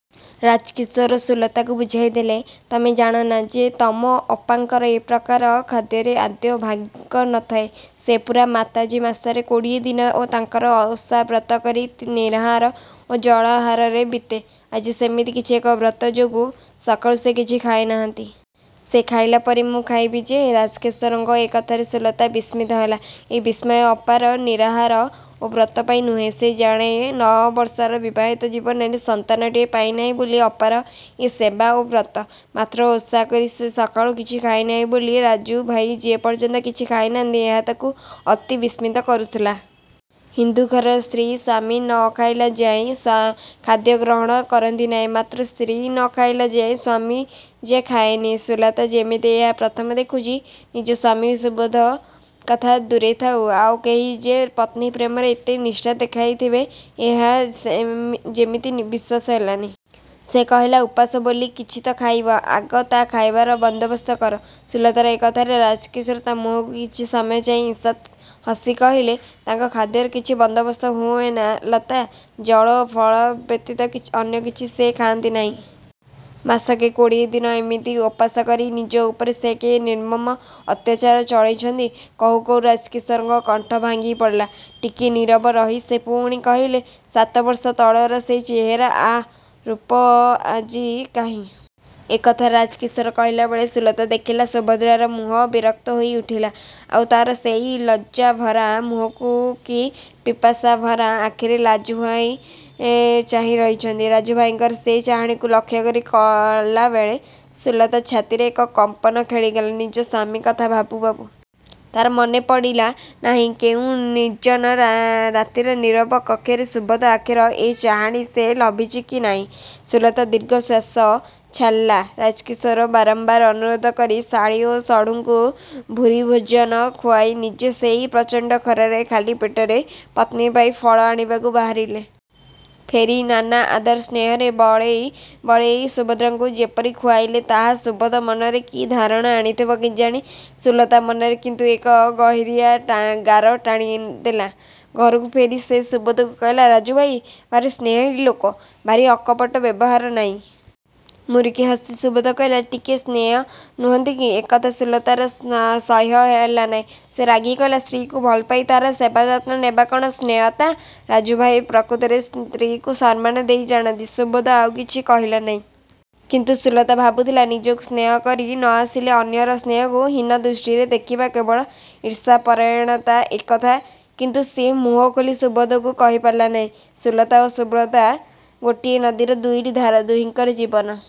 ରାଜକିଶୋର ସୁଲତାକୁ ବୁଝାଇଦେଲେ, "ତମେ ଜାଣନା ଯେ ତମ ଅପାଙ୍କର ଏ ପ୍ରକାର ଖାଦ୍ୟରେ ଆଦୌ ଭାଗ ନ ଥାଏ। ସେ ପୂରା ମାତାଜୀ ମାସରେ କୋଡ଼ିଏ ଦିନ ତାଙ୍କର ଓଷା ବ୍ରତ କରି ନିରାହାର ଓ ଜଳାହାରରେ ବିତେ। ଆଜି ସେମିତି କିଛି ଏକ ବ୍ରତ ଯୋଗୁ ସକାଳୁ ସେ କିଛି ଖାଇନାହାନ୍ତି। ସେ ଖାଇଲା ପରେ ମୁଁ ଖାଇବି ଯେ।"ରାଜକିଶୋରଙ୍କ ଏ କଥାରେ ସୁଲତା ବିସ୍ମିତ ହେଲା। ଏ ବିସ୍ମୟ ଅପାର ନିରାହାର ଓ ବ୍ରତ ପାଇଁ ନୁହେଁ। ସେ ଜାଣେ ନଅବର୍ଷର ବିବାହିତ ଜୀବନରେ ସନ୍ତାନଟିଏ ପାଇନାହିଁ ବୋଲି ଅପାର ଏ ସେବା ଓ ବ୍ରତ। ମାତ୍ର ଓଷାକରି ସେ ସକାଳୁ କିଛି ଖାଇନାହିଁ ବୋଲି ରାଜୁଭାଇ ଯେ ଏପର୍ଯ୍ୟନ୍ତ କିଛି ଖାଇନାହାନ୍ତି, ଏହା ତାକୁ ଅତି ବିସ୍ମିତ କରୁଥିଲା। ହିନ୍ଦୁ ଘରର ସ୍ତ୍ରୀ ସ୍ଵାମୀ ନ ଖାଇଲାଯାଏ ଖାଦ୍ୟ ଗ୍ରହଣ କରନ୍ତି ନାହିଁ। ମାତ୍ର ସ୍ତ୍ରୀ ନ ଖାଇଲା ଯାଏ ସ୍ଵାମୀ ଯେ ଖାଏନି, ସୁଲତା ଯେମିତି ଏହା ପ୍ରଥମ ଦେଖୁଚି। ନିଜ ସ୍ଵାମୀ ସୁବୋଧ କଥା ଦୂରେଥାଉ, ଆଉ କେହି ଯେ ପତ୍ନୀ ପ୍ରେମରେ ଏତେ ନିଷ୍ଠା ଦେଖାଇଥିବେ ଏହା ଯେମିତି ବିଶ୍ଵାସ ହେଲାନି। ସେ କହିଲା, "ଉପାସ ବୋଲି କିଛି ତ ଖାଇବ, ଆଗ ତା' ଖାଇବାର ବନ୍ଦୋବସ୍ତ କର।"ସୁଲତାର ଏ କଥାରେ ରାଜକିଶୋର ତା' ମୁହଁକୁ କିଛି ସମୟ ଚାହିଁ ଈଷତ୍ ହସି କହିଲେ, "ତାଙ୍କ ଖାଦ୍ୟର କିଛି ବନ୍ଦୋବସ୍ତ ହୁଏନା ଲତା, ଜଳ ଓ ଫଳ ବ୍ୟତୀତ ଅନ୍ୟ କିଛି ସେ ଖାଆନ୍ତି ନାହିଁ। ମାସକେ କୋଡ଼ିଏ ଦିନ ଏମିତି ଓପାସ କରି ନିଜ ଉପରେ ସେ କି ନିର୍ମମ ଅତ୍ୟାଚାର ଚଳେଇଛନ୍ତି।"କହୁ କହୁ ରାଜକିଶୋରଙ୍କ କଣ୍ଠ ଭାଙ୍ଗି ପଡ଼ିଲା ଟିକିଏ ନୀରବ ରହି ସେ ପୁଣି କହିଲେ, "ସାତବର୍ଷ ତଳର ସେ ଚେହେରା ଆଃ ସେ ରୂପ ଆଜି କାହିଁ? "ଏକଥା ରାଜକିଶୋର କହିଲାବେଳେ ସୁଲତା ଦେଖିଲା ସୁଭଦ୍ରାର ମୁହଁ ବିରକ୍ତ ହୋଇ ଉଠିଲା। ଆଉ ତାର ସେଇ ଲଜ୍ଜାଭରା ମୁଖକୁ କି ପିପାଶାଭରା ଆଖିରେ ରାଜୁଭାଇ ଚାହିଁ ରହିଛନ୍ତି। ରାଜୁଭାଇଙ୍କର ସେ ଚାହାଣୀକୁ ଲକ୍ଷ୍ୟ କଲାବେଳେ ସୁଲତା ଛାତିରେ ଏକ କମ୍ପନ ଖେଳିଗଲା ନିଜ ସ୍ୱାମୀ କଥା ଭାବୁ ଭାବୁ। ତାର ମନେପଡ଼ିଲା ନାହିଁ କେଉଁ ନିର୍ଜନ ରାତିର ନୀରବ କକ୍ଷରେ ସୁବୋଧ ଆଖିର ଏ ଚାହାଣୀ ସେ ଲଭିଚି କି ନାଇଁ। ସୁଲତା ଦୀର୍ଘଶ୍ଵାସ ଛାଡ଼ିଲା। ରାଜକିଶୋର ବାରମ୍ବାର ଅନୁରୋଧ କରି ଶାଳୀ ଓ ଶଢ଼ୁଙ୍କୁ ଭୁରି ଭୋଜନ ଖୁଆଇ ନିଜେ ସେହି ପ୍ରଚଣ୍ଡ ଖରାରେ, ଖାଲି ପେଟରେ ପତ୍ନୀ ପାଇଁ ଫଳ ଆଣିବାକୁ ବାହାରିଲେ। ଫେରି ନାନା ଆଦର ସ୍ନେହରେ ବଳେଇ ବଳେଇ ସୁଭଦ୍ରାକୁ ଯେପରି ଖୁଆଇଲେ, ତାହା ସୁବୋଧ ମନରେ କି ଧାରଣା ଆଣିଥିବ କେଜାଣି, ସୁଲତା ମନରେ କିନ୍ତୁ ଏକ ଗହୀରିଆ ଗାର ଟାଣି ଦେଲା। ଘରକୁ ଫେରି ସେ ସୁବୋଧକୁ କହିଲା, "ରାଜୁଭାଇ ଭାରି ସ୍ନେହୀ ଲୋକ, ଭାରି ଅକପଟ ବ୍ୟବହାର, ନାଇଁ? "ମୁରୁକି ହସି ସୁବୋଧ କହିଲା, "ଟିକିଏ ସ୍ନେହ ନୁହନ୍ତି କି? "ଏକଥା ସୁଲତାର ସହ୍ୟ ହେଲା ନାହିଁ। ସେ ରାଗି କହିଲା, "ସ୍ତ୍ରୀକୁ ଭଲପାଇ ତାର ସେବାଯତ୍ନ ନେବା କ'ଣ ସ୍ନେହତା? ରାଜୁଭାଇ ପ୍ରକୃତରେ ସ୍ତ୍ରୀକୁ ସମ୍ମାନ ଦେଇ ଜାଣନ୍ତି। " ସୁବୋଧ ଆଉ କିଛି କହିଲା ନାହିଁ। କିନ୍ତୁ ସୁଲତା ଭାବୁଥିଲା ନିଜକୁ ସ୍ନେହ କରି ନ ଆସିଲେ ଅନ୍ୟର ସ୍ନେହକୁ ହୀନ ଦୃଷ୍ଟିରେ ଦେଖିବା କେବଳ ଈର୍ଷାପରାୟଣତା, ଏକଥା କିନ୍ତୁ ସେ ମୁହଁ ଖୋଲି ସୁବୋଧକୁ କହିପାରିଲା ନାହିଁ। ସୁଲତା ଓ ସୁଭଦ୍ରା ଗୋଟିଏ ନଦୀର ଦୁଇଟି ଧାର! ଦୁହିଙ୍କର ଜୀବନ।